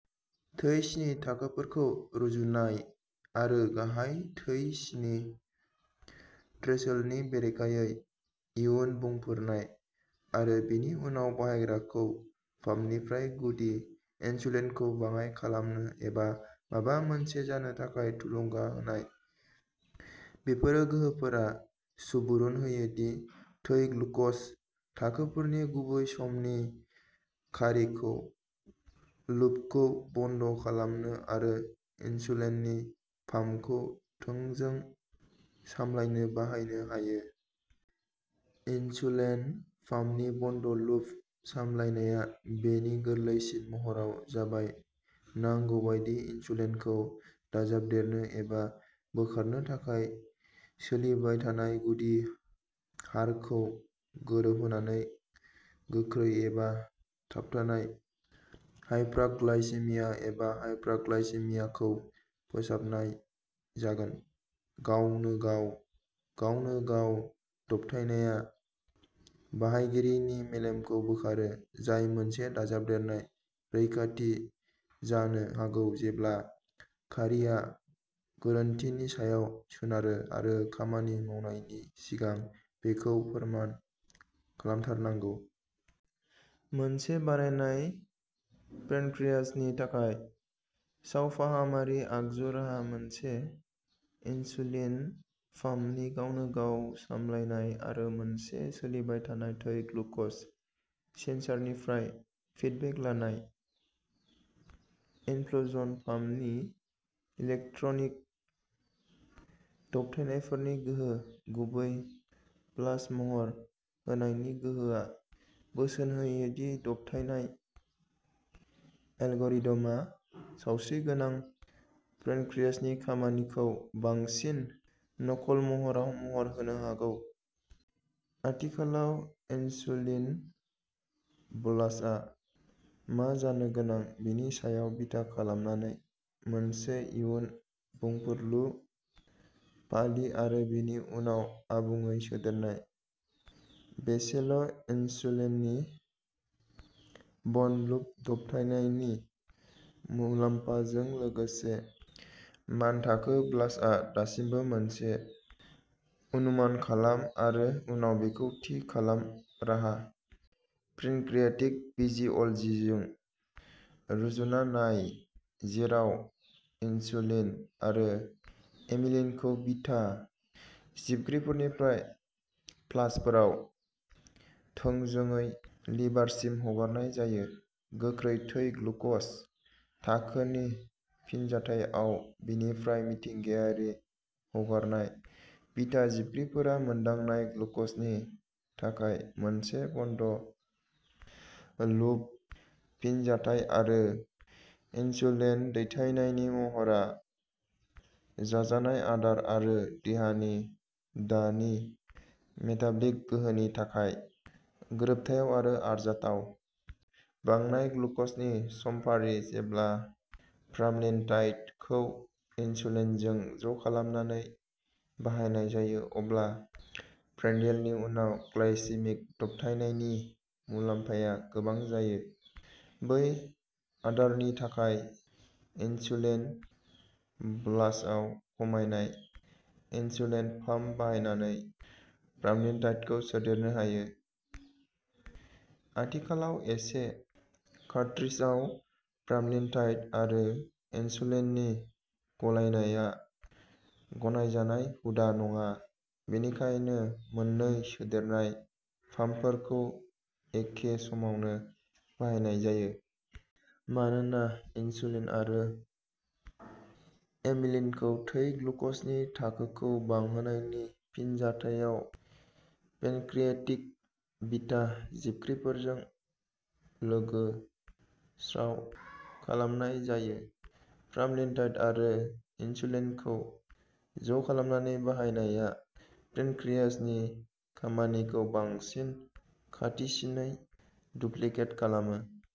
थै सिनि थाखोफोरखौ रुजुनाय आरो गाहाय थै सिनि थ्रेसहोल्डनि बेरेखायै इयुन बुंफोरनाय, आरो बेनि उनाव बाहायग्राखौ पाम्पनिफ्राय गुदि इनसुलिनखौ बाङाइ खालामनो एबा माबा मोनसे जानो थाखाय थुलुंगा होनाय। बेफोर गोहोफोरा सुबुरुन होयो दि थै ग्लुक'ज थाखोफोरनि गुबै-समनि खारिखौ "लुपखौ बन्द" खालामनो आरो इनसुलिन पाम्पखौ थोंजों सामलायनो बाहायनो हायो। इनसुलिन पाम्पनि बन्द लुप सामलायनाया बेनि गोरलैसिन महराव जाबाय नांगौ बायदि इनसुलिनखौ दाजाबदेरनो एबा बोखारनो थाखाय सोलिबाय थानाय गुदि हारखौ गोरोबहोनानै गोख्रै एबा थाबथानाय हाइपारग्लाइसेमिया एबा हाइप'ग्लाइसेमियाखौ फोसाबनाय जागोन, गावनो गाव। गावनो गाव दबथायनाया बाहायगिरिनि मेलेमखौ बोखारो, जाय मोनसे दाजाबदेरनाय रैखाथि जानो हागौ जेब्ला खारिआ गोरोन्थिनि सायाव सोनारो आरो खामानि मावनायनि सिगां बेखौ फोरमान खालामथारनांगौ। मोनसे बानायनाय पेनक्रियाजनि थाखाय सावफाहामारि आगजु राहाः मोनसे इनसुलिन पाम्पनि गावनो-गाव सामलायनाय आरो मोनसे सोलिबाय थानाय थै ग्लुक'ज सेनसरनिफ्राय फिडबेक लानाय। इनफ्युजन पाम्पनि इलेक्ट्रनिक दबथायनायफोरनि गोहो, गुबै बलास महर होनायनि गोहोआ, बोसोन होयो दि दबथायनाय एलगरिदमा सावस्रिगोनां पेनक्रियाजनि खामानिखौ बांसिन नकल महराव महर होनो हागौ। आथिखालाव, इनसुलिन बलासआ मा जानो गोनां बेनि सायाव बिथा खालामनानै मोनसे इयुन बुंफुरलु फालि, आरो बेनि उनाव आबुङै सोदेरनाय। बेसेल इनसुलिननि बन्द-लुप दबथायनायनि मुलाम्फाजों लोगोसे, मानथाखो बलासआ दासिमबो मोनसे "अनुमान खालाम आरो उनाव बेखौ थि खालाम" राहा। पेनक्रियेटिक फिजिअल'जिजों रुजुना नाय, जेराव इनसुलिन आरो एमिलिनखौ बिटा जिबख्रिफोरनिफ्राय पाल्सफोराव थोंजोङै लिभारसिम हगारनाय जायो, गोख्रै थै ग्लुक'ज थाखोनि फिनजाथायाव। बेनिफ्राय मिथिंगायारि हगारनाय। बिटा जिबख्रिफोरा मोनदांनाय ग्लुकजनि थाखाय मोनसे बन्द लुप फिनजाथाय, आरो इनसुलिन दैथायनायनि महरा जाजानाय आदार आरो देहानि दानि मेटाबलिक गोहोनि थाखाय गोरोबथाव आरो आरजाथाव। बांनाय ग्लुकजनि समफारि। जेब्ला प्रामलिनटाइड खौ इनसुलिनजों ज'खालामनानै बाहायनाय जायो, अब्ला प्रान्डियेलनि उनाव ग्लाइसेमिक दबथायनायनि मुलाम्फाया गोबां जायो। बै आदारनि थाखाय इनसुलिन बलासआव खमायनाय। इनसुलिन पाम्प बाहायनानै प्रामलिनटाइडखौ सोदेरनो हायो। आथिखालाव, एखे कार्ट्रिजआव प्रामलिनटाइड आरो इनसुलिननि गलायनाया गनायजानाय हुदा नङा, बेनिखायनो मोननै सोदेरनाय पाम्पफोरखौ एखे समावनो बाहायनाय जायो। मानोना इनसुलिन आरो एमिलिनखौ थै ग्लुकजनि थाखोखौ बांहोनायनि फिनजाथायाव पेनक्रिएटिक बिटा जिबख्रिफोरजों लोगो-स्राव खालामनाय जायो, प्रामलिनटाइड आरो इनसुलिनखौ ज'खालामनानै बाहायनाया पेनक्रियेजनि खामानिखौ बांसिन खाथिसिनै डुप्लिकेट खालामो।